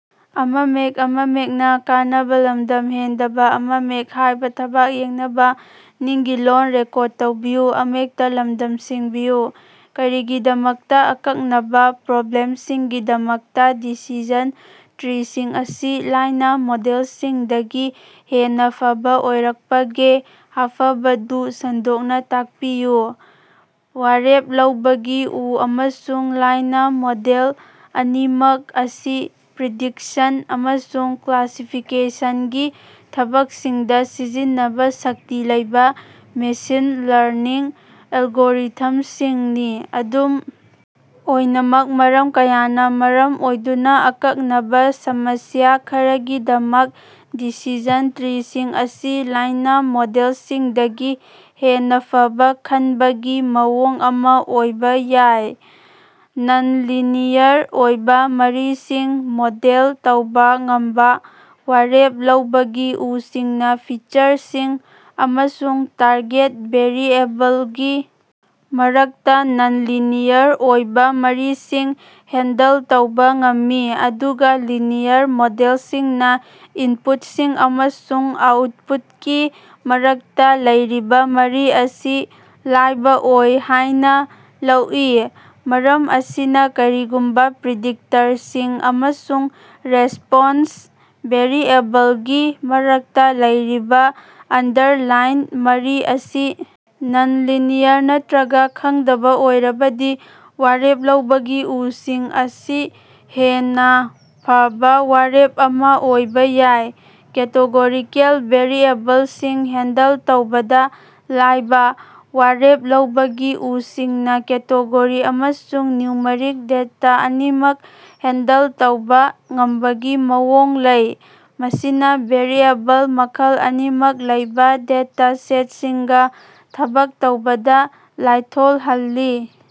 ꯀꯔꯤꯒꯤꯗꯃꯛꯇ ꯑꯀꯛꯅꯕ ꯄ꯭ꯔꯣꯕ꯭ꯂꯦꯝꯁꯤꯡꯒꯤꯗꯃꯛꯇ ꯗꯤꯁꯤꯖꯟ ꯇ꯭ꯔꯤꯁꯤꯡ ꯑꯁꯤ ꯂꯥꯏꯅ ꯃꯣꯗꯦꯜꯁꯤꯡꯗꯒꯤ ꯍꯦꯟꯅ ꯐꯕ ꯑꯣꯏꯔꯛꯄꯒꯦ ꯍꯥꯐꯕꯗꯨ ꯁꯟꯗꯣꯛꯅ ꯇꯥꯛꯄꯤꯌꯨ꯫ ꯋꯥꯔꯦꯞ ꯂꯧꯕꯒꯤ ꯎ ꯑꯃꯁꯨꯡ ꯂꯥꯏꯅ ꯃꯣꯗꯦꯜ ꯑꯅꯤꯃꯛ ꯑꯁꯤ ꯄ꯭ꯔꯤꯗꯤꯛꯁꯟ ꯑꯃꯁꯨꯡ ꯀ꯭ꯂꯥꯁꯤꯐꯤꯀꯦꯁꯟꯒꯤ ꯊꯕꯛꯁꯤꯡꯗ ꯁꯤꯖꯤꯟꯅꯕ ꯁꯛꯇꯤ ꯂꯩꯕ ꯃꯦꯁꯤꯟ ꯂꯔꯅꯤꯡ ꯑꯦꯜꯒꯣꯔꯤꯊꯝꯁꯤꯡꯅꯤ꯫ ꯑꯗꯨꯝ ꯑꯣꯏꯅꯃꯛ ꯃꯔꯝ ꯀꯌꯥꯅ ꯃꯔꯝ ꯑꯣꯏꯗꯨꯅ ꯑꯀꯛꯅꯕ ꯁꯃꯁ꯭ꯌꯥ ꯈꯔꯒꯤꯗꯃꯛ ꯗꯤꯁꯤꯖꯟ ꯇ꯭ꯔꯤꯁꯤꯡ ꯑꯁꯤ ꯂꯥꯏꯅ ꯃꯣꯗꯦꯜꯁꯤꯡꯗꯒꯤ ꯍꯦꯟꯅ ꯐꯕ ꯈꯟꯕꯒꯤ ꯃꯑꯣꯡ ꯑꯃ ꯑꯣꯏꯕ ꯌꯥꯏ꯫ ꯅꯟ-ꯂꯤꯅꯤꯌꯔ ꯑꯣꯏꯕ ꯃꯔꯤꯁꯤꯡ ꯃꯣꯗꯦꯜ ꯇꯧꯕꯥ ꯉꯝꯕ: ꯋꯥꯔꯦꯞ ꯂꯧꯕꯒꯤ ꯎꯁꯤꯡꯅ ꯐꯤꯆꯔꯁꯤꯡ ꯑꯃꯁꯨꯡ ꯇꯥꯔꯒꯦꯠ ꯚꯦꯔꯤꯑꯦꯕꯜꯒꯤ ꯃꯔꯛꯇ ꯅꯟ-ꯂꯤꯅꯤꯌꯔ ꯑꯣꯏꯕ ꯃꯔꯤꯁꯤꯡ ꯍꯦꯟꯗꯜ ꯇꯧꯕ ꯉꯝꯃꯤ, ꯑꯗꯨꯒ ꯂꯤꯅꯤꯌꯔ ꯃꯣꯗꯦꯜꯁꯤꯡꯅ ꯏꯟꯄꯨꯠꯁꯤꯡ ꯑꯃꯁꯨꯡ ꯑꯥꯎꯠꯄꯨꯠꯀꯤ ꯃꯔꯛꯇ ꯂꯩꯔꯤꯕ ꯃꯔꯤ ꯑꯁꯤ ꯂꯥꯏꯕ ꯑꯣꯏ ꯍꯥꯏꯅ ꯂꯧꯏ꯫ ꯃꯔꯝ ꯑꯁꯤꯅ ꯀꯔꯤꯒꯨꯝꯕ ꯄ꯭ꯔꯤꯗꯤꯛꯇꯔꯁꯤꯡ ꯑꯃꯁꯨꯡ ꯔꯦꯁꯄꯣꯟꯁ ꯚꯦꯔꯤꯑꯦꯕꯜꯒꯤ ꯃꯔꯛꯇ ꯂꯩꯔꯤꯕ ꯑꯟꯗꯔꯂꯥꯏꯟ ꯃꯔꯤ ꯑꯁꯤ ꯅꯟ-ꯂꯤꯅꯤꯌꯔ ꯅꯠꯇ꯭ꯔꯒ ꯈꯪꯗꯕ ꯑꯣꯏꯔꯕꯗꯤ ꯋꯥꯔꯦꯞ ꯂꯧꯕꯒꯤ ꯎꯁꯤꯡ ꯑꯁꯤ ꯍꯦꯟꯅ ꯐꯕ ꯋꯥꯔꯦꯞ ꯑꯃ ꯑꯣꯏꯕ ꯌꯥꯏ꯫ ꯀꯦꯇꯦꯒꯣꯔꯤꯀꯦꯜ ꯚꯦꯔꯤꯑꯦꯕꯜꯁꯤꯡ ꯍꯦꯟꯗꯜ ꯇꯧꯕꯗ ꯂꯥꯏꯕ: ꯋꯥꯔꯦꯞ ꯂꯧꯕꯒꯤ ꯎꯁꯤꯡꯅ ꯀꯦꯇꯦꯒꯣꯔꯤ ꯑꯃꯁꯨꯡ ꯅ꯭ꯌꯨꯃꯔꯤꯛ ꯗꯦꯇ ꯑꯅꯤꯃꯛ ꯍꯦꯟꯗꯜ ꯇꯧꯕ ꯉꯝꯕꯒꯤ ꯃꯑꯣꯡ ꯂꯩ, ꯃꯁꯤꯅ ꯚꯦꯔꯤꯑꯦꯕꯜ ꯃꯈꯜ ꯑꯅꯤꯃꯛ ꯂꯩꯕ ꯗꯦꯇ ꯁꯦꯠꯁꯤꯡꯒ ꯊꯕꯛ ꯇꯧꯕꯗ ꯂꯥꯏꯊꯣꯜꯍꯜꯂꯤ꯫